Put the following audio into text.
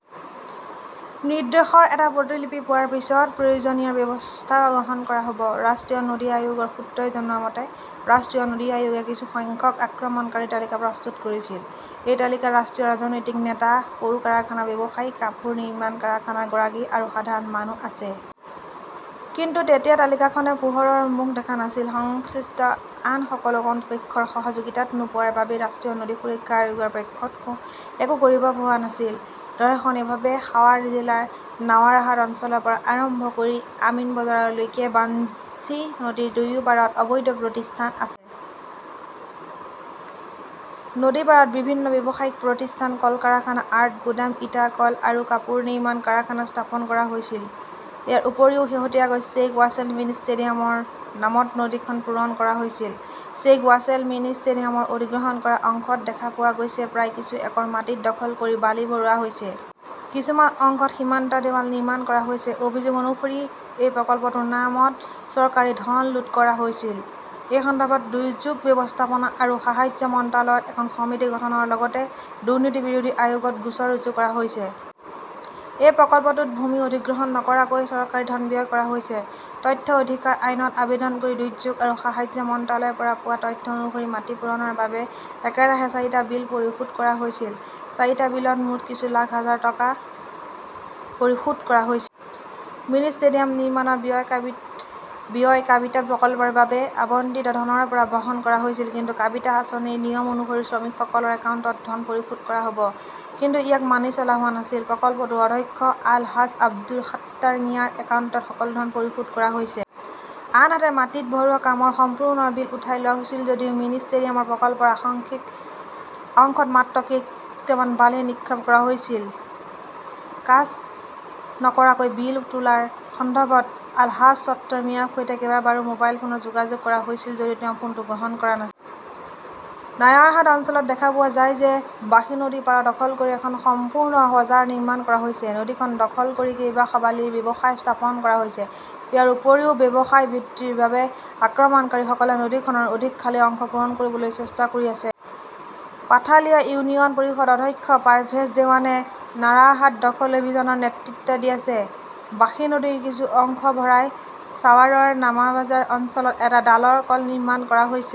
নিৰ্দেশৰ এটা প্ৰতিলিপি পোৱাৰ পিছত প্ৰয়োজনীয় ব্যৱস্থা গ্ৰহণ কৰা হ'ব। ৰাষ্ট্ৰীয় নদী আয়োগৰ সূত্ৰই জনোৱা মতে, ৰাষ্ট্ৰীয় নদী আয়োগে কিছু সংখ্যাক আক্ৰমণকাৰীৰ তালিকা প্ৰস্তুত কৰিছিল। এই তালিকাত স্থানীয় ৰাজনৈতিক নেতা, সৰু কাৰখানাৰ ব্যৱসায়ী, কাপোৰ নিৰ্মাণ কাৰখানাৰ গৰাকী আৰু সাধাৰণ মানুহ আছে। কিন্তু তেতিয়া তালিকাখনে পোহৰৰ মুখ দেখা নাছিল। সংশ্লিষ্ট আন সকলো কৰ্তৃপক্ষৰ সহযোগিতা নোপোৱাৰ বাবে ৰাষ্ট্ৰীয় নদী সুৰক্ষা আয়োগৰ পক্ষত একো কৰিব পৰা হোৱা নাছিল। দৰ্শনীয়ভাৱে, সাৱাৰ জিলাৰ নাৱাৰহাট অঞ্চলৰ পৰা আৰম্ভ কৰি আমিনবজাৰৰলৈকে বাঞ্জী নদীৰ দুয়োপাৰত অবৈধ প্ৰতিষ্ঠান আছে। নদীৰপাৰত বিভিন্ন ব্যৱসায়িক প্ৰতিষ্ঠান, কল-কাৰখানা, আৰ্ট, গুদাম, ইটাৰ কল আৰু কাপোৰ নিৰ্মাণ কাৰখানা স্থাপন কৰা হৈছিল। ইয়াৰ উপৰিও শেহতীয়াকৈ 'শ্বেইখ ৰাছেল মিনি ষ্টেডিয়াম "ৰ নামত নদীখন পূৰণ কৰা হৈছিল। শ্বেইখ ৰাছেল মিনি ষ্টেডিয়ামৰ অধিগ্ৰহণ কৰা অংশত দেখা পোৱা গৈছে প্ৰায় কিছু একৰ মাটি দখল কৰি বালি ভৰোৱা হৈছে। কিছুমান অংশত সীমান্ত দেৱাল নিৰ্মাণ কৰা হৈছে। অভিযোগ অনুসৰি, এই প্ৰকল্পটোৰ নামত চৰকাৰী ধন লুট কৰা হৈছিল। এই সন্দৰ্ভত দুৰ্যোগ ব্যৱস্থাপনা আৰু সাহায্য মন্ত্ৰালয়ত এখন সমিতি গঠনৰ লগতে দুৰ্নীতি বিৰোধী আয়োগত গোচৰ ৰুজু কৰা হৈছে। এই প্ৰকল্পটোত ভূমি অধিগ্ৰহণ নকৰাকৈ চৰকাৰী ধন ব্যয় কৰা হৈছে। তথ্যৰ অধিকাৰ আইনত আবেদন কৰি দুৰ্যোগ আৰু সাহায্য মন্ত্ৰালয়ৰ পৰা পোৱা তথ্য অনুসৰি মাটি পূৰণৰ বাবে একেৰাহে চাৰিটা বিল পৰিশোধ কৰা হৈছিল। চাৰিটা বিলত মুঠ কিছু লাখ হাজাৰ টকা পৰিশোধ কৰা হৈছিল। মিনি ষ্টেডিয়াম নিৰ্মাণৰ ব্যয় কাবিটা প্ৰকল্পৰ বাবে আবণ্টিত ধনৰ পৰা বহন কৰা হৈছিল। কিন্তু কাবিটা আঁচনিৰ নিয়ম অনুসৰি শ্ৰমিকসকলৰ একাউণ্টত ধন পৰিশোধ কৰা হ'ব। কিন্তু ইয়াক মানি চলা হোৱা নাছিল। প্ৰকল্পটোৰ অধ্যক্ষ আল-হাজ আব্দুৰ সাত্তাৰ মিয়াৰ একাউণ্টত সকলো ধন পৰিশোধ কৰা হৈছে। আনহাতে, মাটি ভৰোৱাৰ কামৰ সম্পূৰ্ণ বিল উঠাই লোৱা হৈছিল যদিও মিনি ষ্টেডিয়াম প্ৰকল্পৰ আংশিক অংশত মাত্ৰ কেইটামান বালি নিক্ষেপ কৰা হৈছিল। কাজ নকৰাকৈ বিল তোলাৰ সন্দৰ্ভত আহলাজ ছত্তৰ মিয়াৰ সৈতে কেইবাবাৰো মোবাইল ফোনত যোগাযোগ কৰা হৈছিল যদিও তেওঁ ফোনটো গ্ৰহণ কৰা নাছিল। নায়াৰহাট অঞ্চলত দেখা পোৱা যায় যে বাঁশী নদীৰ পাৰ দখল কৰি এখন সম্পূৰ্ণ বজাৰ নিৰ্মাণ কৰা হৈছে। নদীখন দখল কৰি কেইবাশ বালিৰ ব্যৱসায় স্থাপন কৰা হৈছে। ইয়াৰ উপৰিও, ব্যৱসায় বৃদ্ধিৰ বাবে আক্ৰমণকাৰীসকলে নদীখনৰ অধিক খালী অংশ পূৰণ কৰিবলৈ চেষ্টা কৰি আছে। পাথালিয়া ইউনিয়ন পৰিষদৰ অধ্যক্ষ পাৰভেজ দেৱানে নায়াৰহাট দখল অভিযানৰ নেতৃত্ব দি আছে। বাঁশী নদীৰ কিছু অংশ ভৰাই ছাৱাৰৰ নামাবাজাৰ অঞ্চলত এটা ডালৰ কল নিৰ্মাণ কৰা হৈছে।